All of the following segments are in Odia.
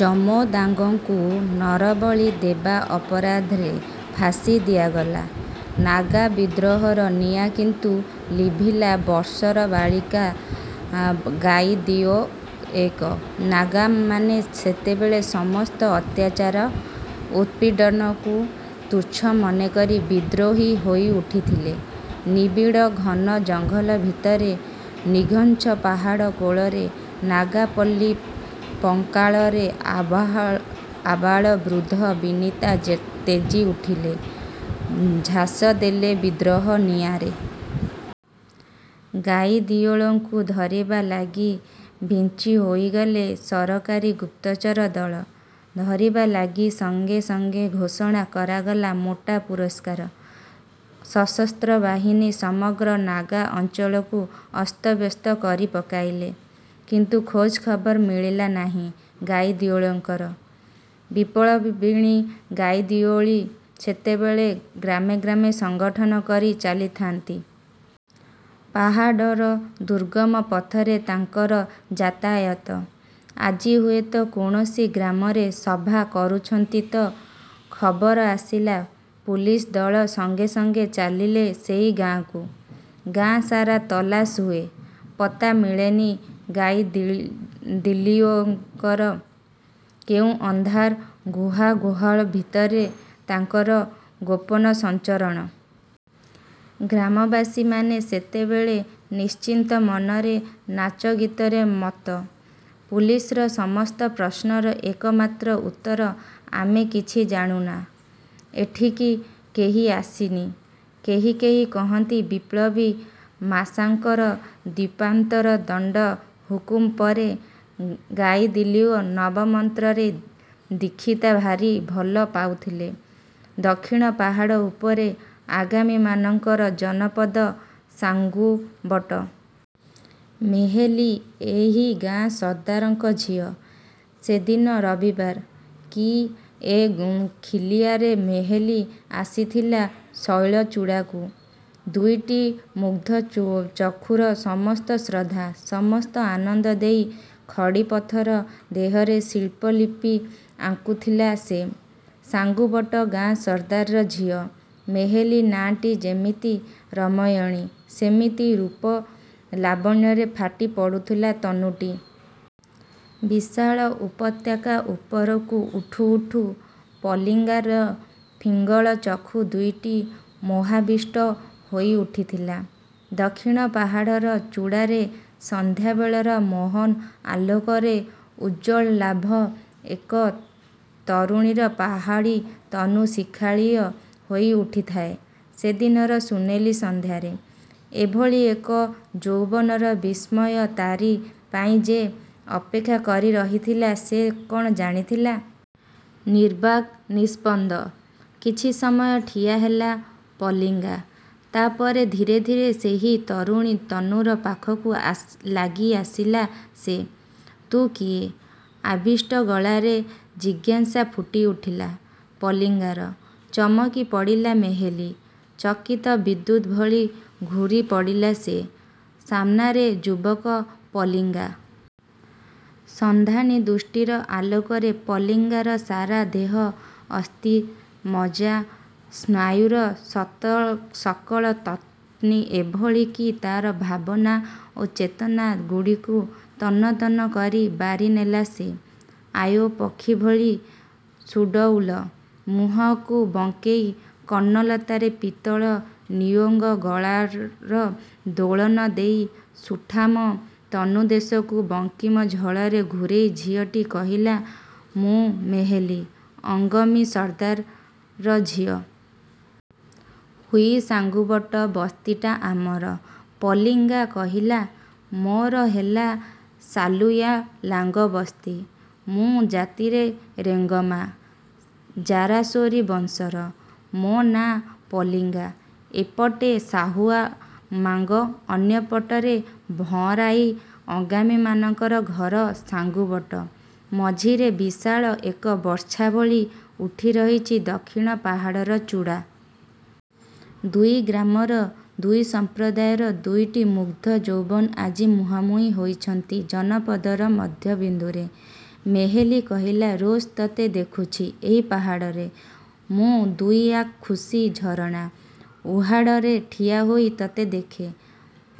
ଜମୋଦାଙ୍ଗଙ୍କୁ ନରବଳି ଦେବା ଅପରାଧରେ ଫାଶି ଦିଆଗଲା। ନାଗା ବିଦ୍ରୋହର ନିଆଁ କିନ୍ତୁ ଲିଭିଲା ବର୍ଷର ବାଳିକା ଗାଇଦିଲିଓ-। ନାଗାମାନେ ସେତେବେଳେ ସମସ୍ତ ଅତ୍ୟାଚାର, ଉତ୍ପୀଡ଼ନକୁ ତୁଚ୍ଛ ମନେକରି ବିଦ୍ରୋହୀ ହୋଇଉଠିଥିଲେ। ନିବିଡ଼ ଘନ ଜଙ୍ଗଲ ଭିତରେ, ନିଘଞ୍ଚ ପାହାଡ଼କୋଳରେ, ନାଗା ପଲ୍ଲୀ ପଙ୍କାଳରେ ଆବାଳ-ବୃଦ୍ଧ-ବିନିତା ତେଜି ଉଠିଲେ, ଝାସ ଦେଲେ ବିଦ୍ରୋହ-ନିଆଁରେ-। ଗାଇଦିଲିଓଙ୍କୁ ଧରିବା ଲାଗି ବିଞ୍ଚି ହୋଇଗଲେ ସରକାରୀ ଗୁପ୍ତଚର ଦଳ, ଧରିବା ଲାଗି ସଙ୍ଗେ ସଙ୍ଗେ ଘୋଷଣା କରାଗଲା ମୋଟା ପୁରସ୍କାର। ସଶସ୍ତ୍ରବାହିନୀ ସମଗ୍ର ନାଗା ଅଞ୍ଚଳକୁ ଅସ୍ତବ୍ୟସ୍ତ କରି ପକାଇଲେ। କିନ୍ତୁ ଖୋଜଖବର ମିଳିଲା ନାହିଁ ଗାଇଦିଲିଓଙ୍କର। ବିପ୍ଳବିଣୀ ଗାଇଦିଲିଓ ସେତେବେଳେ ଗ୍ରାମେ ଗ୍ରାମେ ସଙ୍ଗଠନ କରି ଚାଲିଥାଆନ୍ତି। ପାହାଡ଼ର ଦୁର୍ଗମ ପଥରେ ତାଙ୍କର ଯାତାୟାତ। ଆଜି ହୁଏତ କୌଣସି ଗ୍ରାମରେ ସଭା କରୁଛନ୍ତି ତ, ଖବର ଆସିଲା, ପୁଲିସ ଦଳ ସଙ୍ଗେ ସଙ୍ଗେ ଚାଲିଲେ ସେଇ ଗାଁକୁ। ଗାଁ ସାରା ତଲାସ ହୁଏ, ପତ୍ତା ମିଳେନି ଗାଇଦିଲିଓଙ୍କର-। କେଉଁ ଅନ୍ଧାର ଗୁହାଗହ୍ୱର ଭିତରେ ତାଙ୍କର ଗୋପନ ସଞ୍ଚରଣ। ଗ୍ରାମବାସୀମାନେ ସେତେବେଳେ ନିଶ୍ଚିନ୍ତ ମନରେ ନାଚଗୀତରେ ମତ୍ତ। ପୁଲିସର ସମସ୍ତ ପ୍ରଶ୍ନର ଏକମାତ୍ର ଉତ୍ତର-ଆମେ କିଛି ଜାଣୁନା, ଏଠିକି କେହି ଆସିନି। କେହି କେହି କହନ୍ତି–ବିପ୍ଳବୀ ମାଶାଙ୍ଗର ଦ୍ୱୀପାନ୍ତର ଦଣ୍ତ ହୁକୁମ ପରେ ଗାଇଦିଲିଓ ନବମନ୍ତ୍ରରେ ଦୀକ୍ଷିତା ଭାରି ଭଲ ପାଉଥିଲେ। ଦକ୍ଷିଣ ପାହାଡ଼ ଉପରେ ଅଙ୍ଗାମୀମାନଙ୍କର ଜନପଦ–ସାଙ୍ଗୁବଟ। ମେହଲୀ ଏହି ଗାଁ ସର୍ଦ୍ଦାରଙ୍କ ଝିଅ। ସେଦିନ ରବିବାର। କି ଏକ ଖିଆଲରେ ମେହଲୀ ଆସିଥିଲା ଶୈଳଚୂଡ଼ାକୁ। ଦୁଇଟି ମୁଗ୍ଧ ଚକ୍ଷୁର ସମସ୍ତ ଶ୍ରଦ୍ଧା, ସମସ୍ତ ଆନନ୍ଦ ଦେଇ ଖଡ଼ିପଥର ଦେହରେ ଶିଳ୍ପଲିପି ଆଙ୍କୁଥିଲା ସେ–ସାଙ୍ଗୁବଟ ଗାଁ ସର୍ଦ୍ଦାରର ଝିଅ। ମେହଲୀ ନାଁଟି ଯେମିତି ରମଣୀୟ, ସେମିତି ରୂପ-ଲାବଣ୍ୟରେ ଫାଟି ପଡ଼ୁଥିଲା ତନୁଟି। ବିଶାଳ ଉପତ୍ୟକା ଉପରକୁ ଉଠୁ ଉଠୁ ପଲିଙ୍ଗାର ପିଙ୍ଗଳ ଚକ୍ଷୁ ଦୁଇଟି ମୋହାବିଷ୍ଟ ହୋଇଉଠିଥିଲା। ଦକ୍ଷିଣ ପାହାଡ଼ର ଚୁଡ଼ାରେ ସନ୍ଧ୍ୟାବେଳର ମୋହନ ଆଲୋକରେ ଉଜ୍ଜ୍ୱଳାଭ ଏକ ତରୁଣୀର ପାହାଡ଼ୀ ତନୁ ଶିଖାୟିତ ହୋଇଉଠିଥାଏ ସେଦିନର ସୁନେଲି ସନ୍ଧ୍ୟାରେ। ଏଭଳି ଏକ ଯୌବନର ବିସ୍ମୟ ତାରି ପାଇଁ ଯେ ଅପେକ୍ଷା କରି ରହିଥିଲା ସେ କ'ଣ ଜାଣିଥିଲା? ନିର୍ବାକ୍, ନିସ୍ପନ୍ଦ। କିଛି ସମୟ ଠିଆ ହେଲା ପଲିଙ୍ଗା। ତାପରେ ଧୀରେ ଧୀରେ ସେହି ତରୁଣୀ ତନୁର ପାଖକୁ ଲାଗିଆସିଲା ସେ। ତୁ କିଏ? ଆବିଷ୍ଟ ଗଳାରେ ଜିଜ୍ଞାସା ଫୁଟିଉଠିଲା ପଲିଙ୍ଗାର। ଚମକି ପଡ଼ିଲା ମେହଲୀ। ଚକିତ ବିଦ୍ୟୁତ୍ ଭଳି ଘୁରିପଡ଼ିଲା ସେ। ସାମନାରେ ଯୁବକ ପଲିଙ୍ଗା। ସନ୍ଧାନୀ ଦୃଷ୍ଟିର ଆଲୋକରେ ପଲିଙ୍ଗାର ସାରା ଦେହ, ଅସ୍ଥି, ମଜ୍ଜା, ସ୍ନାୟୁର ସକଳ ତନ୍ତ୍ରୀ ଏଭଳି କି ତାର ଭାବନା ଓ ଚେତନା ଗୁଡ଼ିକୁ ତନ୍ନ ତନ୍ନ କରି ବାରିନେଲା ସେ। ଆଓ ପକ୍ଷୀ ଭଳି ସୁଡ଼ଉଲ। ମୁହଁକୁ ବଙ୍କେଇ କର୍ଣ୍ଣଲତାରେ ପିତ୍ତଳ ନିୟୋଙ୍ଗ୍ ଗହଣାର ଦୋଳନ ଦେଇ ସୁଠାମ ତନୁଦେଶକୁ ବଙ୍କିମ ଛଳରେ ଘୂରେଇ ଝିଅଟି କହିଲା–ମୁଁ ମେହଲୀ, ଅଙ୍ଗମୀ ସର୍ଦ୍ଦାରର ଝିଅ। ହୁଇ ସାଙ୍ଗୁବଟ ବସ୍ତିଟା ଆମର। ପଲିଙ୍ଗା କହିଲା–ମୋର ହେଲା ସାଲୁୟାଲାଙ୍ଗ ବସ୍ତି। ମୁଁ ଜାତିରେ ରେଙ୍ଗମା। ଜାରାସୋରି ବଂଶର। ମୋ ନାଁ ପଲିଙ୍ଗା। ଏ ପଟେ ସାହୁଆମାଙ୍ଗ, ଅନ୍ୟ ପଟରେ ଭଁରାଇ ଅଙ୍ଗାମୀମାନଙ୍କର ଘର ସାଙ୍ଗୁବଟ। ମଝିରେ ବିଶାଳ ଏକ ବର୍ଚ୍ଛା ଭଳି ଉଠି ରହିଛି ଦକ୍ଷିଣ ପାହାଡ଼ର ଚୁଡ଼ା। ଦୁଇ ଗ୍ରାମର, ଦୁଇ ସମ୍ପ୍ରଦାୟର ଦୁଇଟି ମୁଗ୍ଧ ଯୌବନ ଆଜି ମୁହାଁମୁହିଁ ହୋଇଛନ୍ତି ଜନପଦର ମଧ୍ୟବିନ୍ଦୁରେ। ମେହଲୀ କହିଲା–ରୋଜ ତତେ ଦେଖୁଚି ଏହି ପାହାଡ଼ରେ। ମୁଁ ଦୁଇଆଖୁସି ଝରଣା, ଉହାଡ଼ରେ ଠିଆହୋଇ ତତେ ଦେଖେ।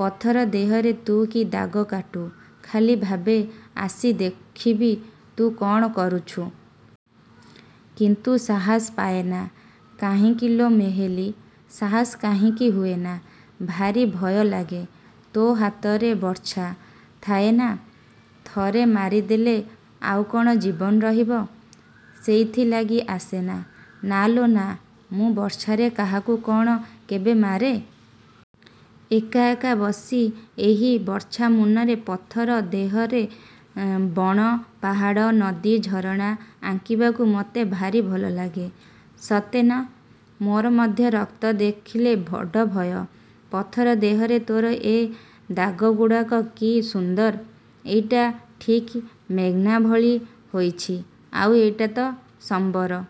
ପଥର ଦେହରେ ତୁ କି ଦାଗ କାଟୁ, ଖାଲି ଭାବେ, ଆସି ଦେଖିବି ତୁ କ'ଣ କରୁଚୁ? କିନ୍ତୁ ସାହସ ପାଏନା। –କାହିଁକି ଲୋ ମେହଲୀ! ସାହସ କାହିଁକି ହୁଏନା? –ଭାରି ଭୟ ଲାଗେ। ତୋ ହାତରେ ବର୍ଚ୍ଛ। ଥାଏନା! ଥରେ ମାରିଦେଲେ ଆଉ କ'ଣ ଜୀବନ ରହିବ? ସେଇଥିଲାଗି ଆସେନା। –ନା ଲୋ ନା, ମୁଁ ବର୍ଚ୍ଛାରେ କାହାକୁ କ'ଣ କେବେ ମାରେ? ଏକା ଏକା ବସି ଏହି ବର୍ଚ୍ଛା ମୁନରେ, ପଥର ଦେହରେ ବଣ, ପାହାଡ଼, ନଦୀ, ଝରଣା ଆଙ୍କିବାକୁ ମତେ ଭାରି ଭଲ ଲାଗେ-। –ସତେ ନା! ମୋର ମଧ୍ୟ ରକ୍ତ ଦେଖିଲେ ବଡ଼ ଭୟ। ପଥର ଦେହରେ ତୋର ଏ ଦାଗଗୁଡ଼ାକ କି ସୁନ୍ଦର! ଏଇଟା ଠିକ୍ ମେନ୍ଜା ଭଳି ହୋଇଛି, ଆଉ ଏଇଟା ତ ସମ୍ବର।